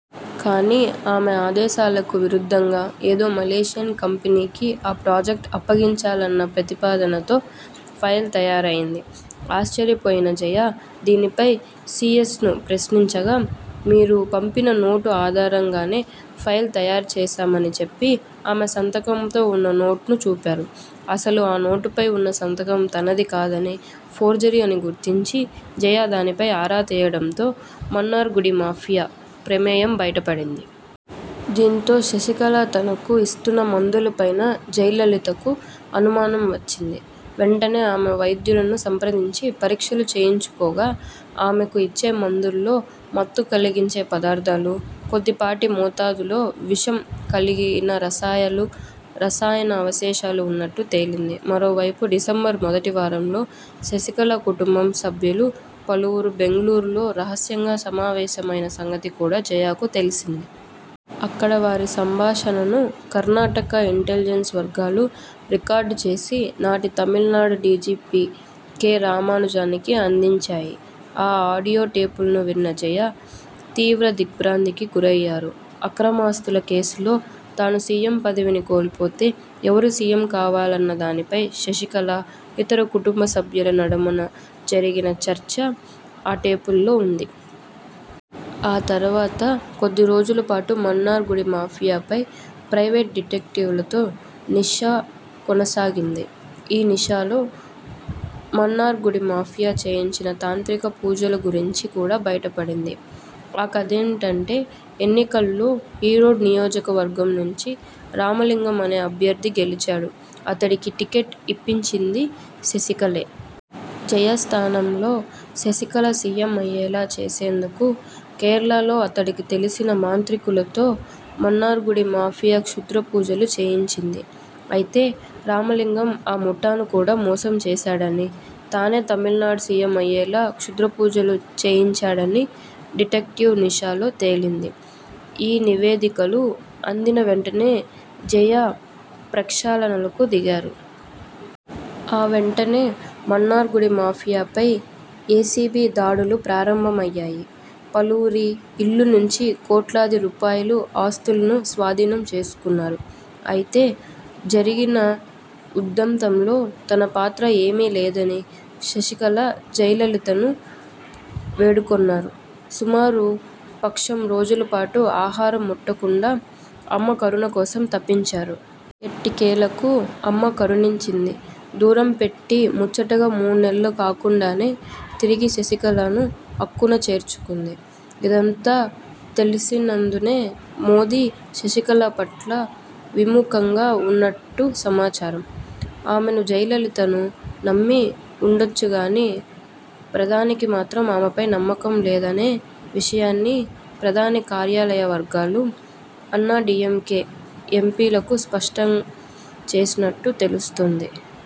కానీ ఆమె ఆదేశాలకు విరుద్ధంగా ఏదో మలేషియన్ కంపెనీకి ఆ ప్రాజెక్టు అప్పగించాలన్న ప్రతిపాదనతో ఫైల్ తయారైంది. ఆశ్చర్యపోయిన జయ దీనిపై సీఎస్ను ప్రశ్నించగా 'మీరు పంపిన నోట్ ఆధారంగానే ఫైల్ తయారు చేశామ'ని చెప్పి, ఆమె సంతకంతో ఉన్న నోట్ను చూపారు. అసలు ఆ నోట్పై ఉన్న సంతకం తనదికాదని, ఫోర్జరీ అని గుర్తించిన జయ దానిపై ఆరా తీయడంతో మన్నార్ గుడి మాఫియా ప్రమేయం బయటపడింది. దీంతో శశికళ తనకు ఇస్తున్న మందులపైనా జయలలితకు అనుమానం వచ్చింది. వెంటనే ఆమె వైద్యులను సంప్రదించి పరీక్షలు చేయించుకోగా ఆమెకు ఇచ్చే మందుల్లో మత్తు కలిగించే పదార్థాలు, కొద్దిపాటి మోతాదులో విషం కలిగిన రసాయన అవశేషాలు ఉన్నట్టు తేలింది. మరోవైపు డిసెంబరు మొదటి వారంలో శశికళ కుటుంబ సభ్యులు పలువురు బెంగళూరులో రహస్యంగా సమావేశమైన సంగతి కూడా జయకు తెలిసింది. అక్కడ వారి సంభాషణను కర్ణాటక ఇంటెలిజెన్స్ వర్గాలు రికార్డు చేసి నాటి తమిళనాడు డీజీపీ కె. రామానుజానికి అందించాయి. ఆ ఆడియో టేపులను విన్న జయ తీవ్ర దిగ్ర్భాంతికి గురయ్యారు. అక్రమాస్తుల కేసులో తాను సీఎం పదవిని కోల్పోతే, ఎవరు సీఎం కావాలన్న దానిపై శశికళ, ఇతర కుటుంబ సభ్యుల నడుమ జరిగిన చర్చ ఆ టేపుల్లో ఉంది. ఆ తర్వాత కొద్ది రోజులపాటు మన్నార్ గుడి మాఫియాపై ప్రైవేటు డిటెక్టివ్లతో నిఘా కొనసాగింది. ఈ నిఘాలో మన్నార్గుడి మాఫియా చేయించిన తాంత్రిక పూజల గురించి కూడా బయటపడింది. ఆ కథేంటంటే ఎన్నికల్లో ఈరోడ్ నియోజకవర్గం నుంచి రామలింగం అనే అభ్యర్థి గెలిచాడు. అతడికి టిక్కెట్టు ఇప్పించింది శశికళే. జయ స్థానంలో శశికళ సీఎం అయ్యేలా చేసేందుకు కేరళలో అతడికి తెలిసిన మాంత్రికులతో మన్నార్గుడి మాఫియా క్షుద్రపూజలు చేయించింది. అయితే రామలింగం ఆ ముఠాను కూడా మోసం చేశాడని, తానే తమిళనాడు సీఎం అయ్యేలా క్షుద్రపూజలు చేయించాడని డిటెక్టివ్ల నిఘాలో తేలింది. ఈ నివేదికలు అందిన వెంటనే జయ ప్రక్షాళనకు దిగారు. ఆ వెంటనే మన్నార్ గుడి మాఫియాపై ఏసీబీ దాడులు ప్రారంభమయ్యాయి. పలువురి ఇళ్ల నుంచి కోట్లాది రూపాయల ఆస్తులను స్వాధీనం చేసుకొన్నారు. అయితే, జరిగిన ఉదంతంలో తన పాత్ర ఏమీ లేదని శశికళ జయలలితను వేడుకొన్నారు. సుమారు పక్షం రోజులపాటు ఆహారం ముట్టకుండా అమ్మ కరుణ కోసం తపించారు. ఎట్టకేలకు అమ్మ కరుణించింది. దూరం పెట్టి ముచ్చటగా మూడనెలలు కాకుండానే తిరిగి శశికళను అక్కున చేర్చుకుంది. ఇదంతా తెలిసినందునే మోదీ శశికళ పట్ల విముఖంగా ఉన్నట్టు సమాచారం. ఆమెను జయలలిత నమ్మి ఉండొచ్చుగానీ ప్రధానికి మాత్రం ఆమెపై నమ్మకం లేదనే విషయాన్ని ప్రధాని కార్యాలయ వర్గాలు అన్నాడీఎంకే ఎంపీలకు స్పష్టం చేసినట్టు తెలుస్తోంది.